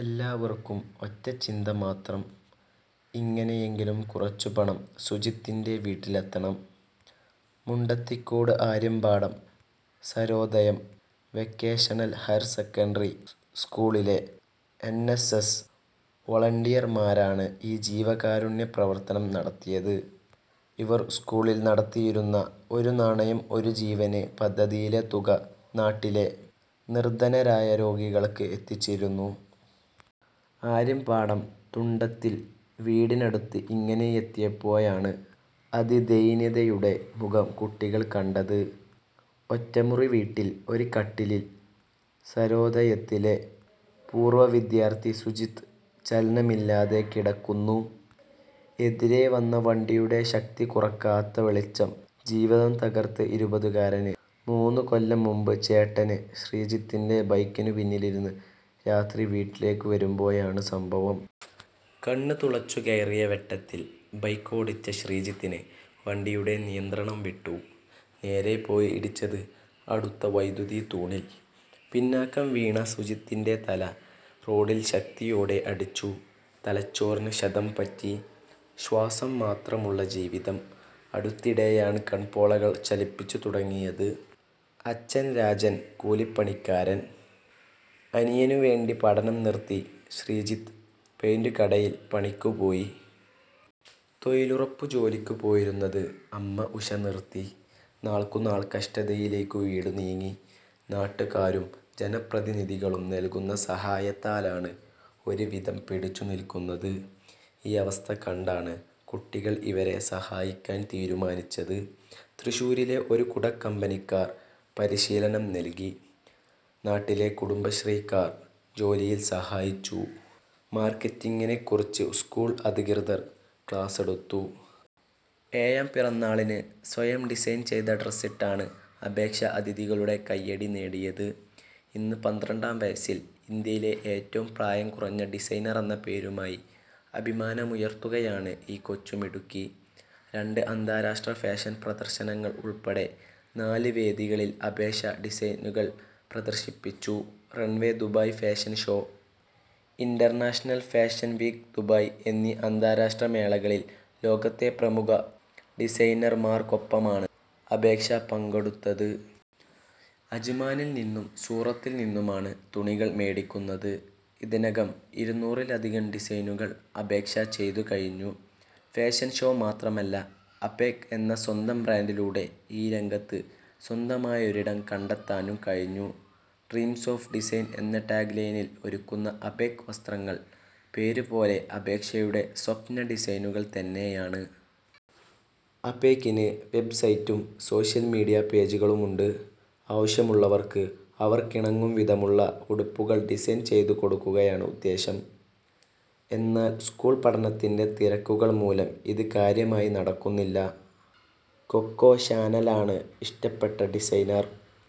എല്ലാവര്ക്കും ഒറ്റച്ചിന്തമാത്രം ഇങ്ങനെയെങ്കിലും കുറച്ചുപണം സുജിത്തിന്റെ വീട്ടിലെത്തണം. Mundathikode Aryampadam Sarvodayam vocational higher secondary സ്കൂളിലെ എന്. എസ്. എസ്. വൊളന്റിയര്മാരാണ് ഈ ജീവകാരുണ്യപ്രവര്ത്തനം നടത്തിയത്. ഇവര് സ്കൂളില് നടത്തിയിരുന്ന 'ഒരു നാണയം ഒരു ജീവന്' പദ്ധതിയിലെ തുക നാട്ടിലെ നിര്ധനരായ രോഗികള്ക്ക് എത്തിച്ചിരുന്നു. ആര്യമ്പാടം തുണ്ടത്തില് വീടിനടുത്ത് ഇങ്ങനെ എത്തിയപ്പോഴാണ് അതിദൈന്യതയുടെ മുഖം കുട്ടികള് കണ്ടത്. ഒറ്റമുറിവീട്ടില് ഒരു കട്ടിലില് സര്വോദയത്തിലെ പൂര്വവിദ്യാര്ഥി സുജിത്ത് ചലനമില്ലാതെ കിടക്കുന്നു. എതിരേ വന്ന വണ്ടിയുടെ ശക്തി കുറയ്ക്കാത്ത വെളിച്ചം ജീവിതം തകര്ത്ത ഇരുപതുകാരന്. മൂന്നുകൊല്ലംമുമ്പ് ചേട്ടന് ശ്രീജിത്തിന്റെ ബൈക്കിനു പിന്നിലിരുന്ന് രാത്രി വീട്ടിലേക്കു വരുമ്പോഴാണ് സംഭവം. കണ്ണുതുളച്ചുകയറിയ വെട്ടത്തില്, ബൈക്കോടിച്ച ശ്രീജിത്തിന് വണ്ടിയുടെ നിയന്ത്രണംവിട്ടു. നേരെ പോയി ഇടിച്ചത് അടുത്ത വൈദ്യുതിത്തൂണില്. പിന്നാക്കം വീണ സുജിത്തിന്റെ തല റോഡില് ശക്തിയോടെ അടിച്ചു. തലച്ചോറിന് ക്ഷതം പറ്റി. ശ്വാസംമാത്രമുള്ള ജീവിതം. അടുത്തിടെയാണ് കണ്പോളകള് ചലിപ്പിച്ചുതുടങ്ങിയത്. അച്ഛന് രാജന് കൂലിപ്പണിക്കാരന്. അനിയനുവേണ്ടി പഠനം നിര്ത്തി ശ്രീജിത്ത് പെയിന്റുകടയില് പണിക്കുപോയി. തൊഴിലുറപ്പുജോലിക്കു പോയിരുന്നത് അമ്മ ഉഷ നിര്ത്തി. നാള്ക്കുനാള് കഷ്ടതയിലേക്കു വീട് നീങ്ങി. നാട്ടുകാരും ജനപ്രതിനിധികളും നല്കുന്ന സഹായത്താലാണ് ഒരുവിധം പിടിച്ചുനില്ക്കുന്നത്. ഈ അവസ്ഥ കണ്ടാണ് കുട്ടികള് ഇവരെ സഹായിക്കാന് തീരുമാനിച്ചത്. തൃശ്ശൂരിലെ ഒരു കുടക്കമ്പനിക്കാര് പരിശീലനം നല്കി. നാട്ടിലെ കുടുംബശ്രീക്കാര് ജോലിയില് സഹായിച്ചു. മാര്ക്കറ്റിങ്ങിനെക്കുറിച്ച് സ്കൂള് അധികൃതര് ക്ലാസെടുത്തു. ഏഴാം പിറന്നാളിന് സ്വയം ഡിസൈൻ ചെയ്ത ഡ്രസ്സിട്ടാണ് അപേക്ഷ അതിഥികളുടെ കൈയടി നേടിയത്. ഇന്ന് പന്ത്രണ്ടാംവയസ്സിൽ ഇന്ത്യയിലെ ഏറ്റവും പ്രായം കുറഞ്ഞ ഡിസൈനറെന്ന പേരുമായി അഭിമാനമുയർത്തുകയാണ് ഈ കൊച്ചു മിടുക്കി. രണ്ട് അന്താരാഷ്ട്ര ഫാഷൻ പ്രദർശനങ്ങൾ ഉൾപ്പെടെ നാല് വേദികളിൽ അപേക്ഷ ഡിസൈനുകൾ പ്രദർശിപ്പിച്ചു. Runway Dubai fashion show, international fashion week Dubai എന്നീ അന്താരാഷ്ട്ര മേളകളിൽ ലോകത്തെ പ്രമുഖ ഡിസൈനർമാർക്കൊപ്പമാണ് അപേക്ഷ പങ്കെടുത്തത്. അജ്മാനിൽ നിന്നും സൂറത്തിൽ നിന്നുമാണ് തുണികൾ മേടിക്കുന്നത്. ഇതിനകം ഇരുനൂറിലധികം ഡിസൈനുകൾ അപേക്ഷ ചെയ്തുകഴിഞ്ഞു. ഫാഷൻ ഷോ മാത്രമല്ല 'അപേക്' എന്ന സ്വന്തം ബ്രാൻഡിലൂടെ ഈ രംഗത്ത് സ്വന്തമായൊരിടം കണ്ടെത്താനും കഴിഞ്ഞു. ഡ്രീംസ് ഓഫ് ഡിസൈൻ എന്ന ടാഗ് ലൈനിൽ ഒരുക്കുന്ന അപേക് വസ്ത്രങ്ങൾ പേരുപോലെ അപേക്ഷയുടെ സ്വപ്ന ഡിസൈനുകൾ തന്നെയാണ്. അപേകിന് വെബ്സൈറ്റും സോഷ്യൽ മീഡിയ പേജുകളുമുണ്ട്. ആവശ്യമുള്ളവർക്ക് അവർക്കിണങ്ങും വിധമുള്ള ഉടുപ്പുകൾ ഡിസൈൻ ചെയ്തു കൊടുക്കുകയാണ് ഉദ്ദേശ്യം. എന്നാൽ സ്കൂൾ പഠനത്തിന്റെ തിരക്കുകൾ മൂലം ഇത് കാര്യമായി നടക്കുന്നില്ല. കൊക്കോ ഷാനലാണ് ഇഷ്ടപ്പെട്ട ഡിസൈനർ.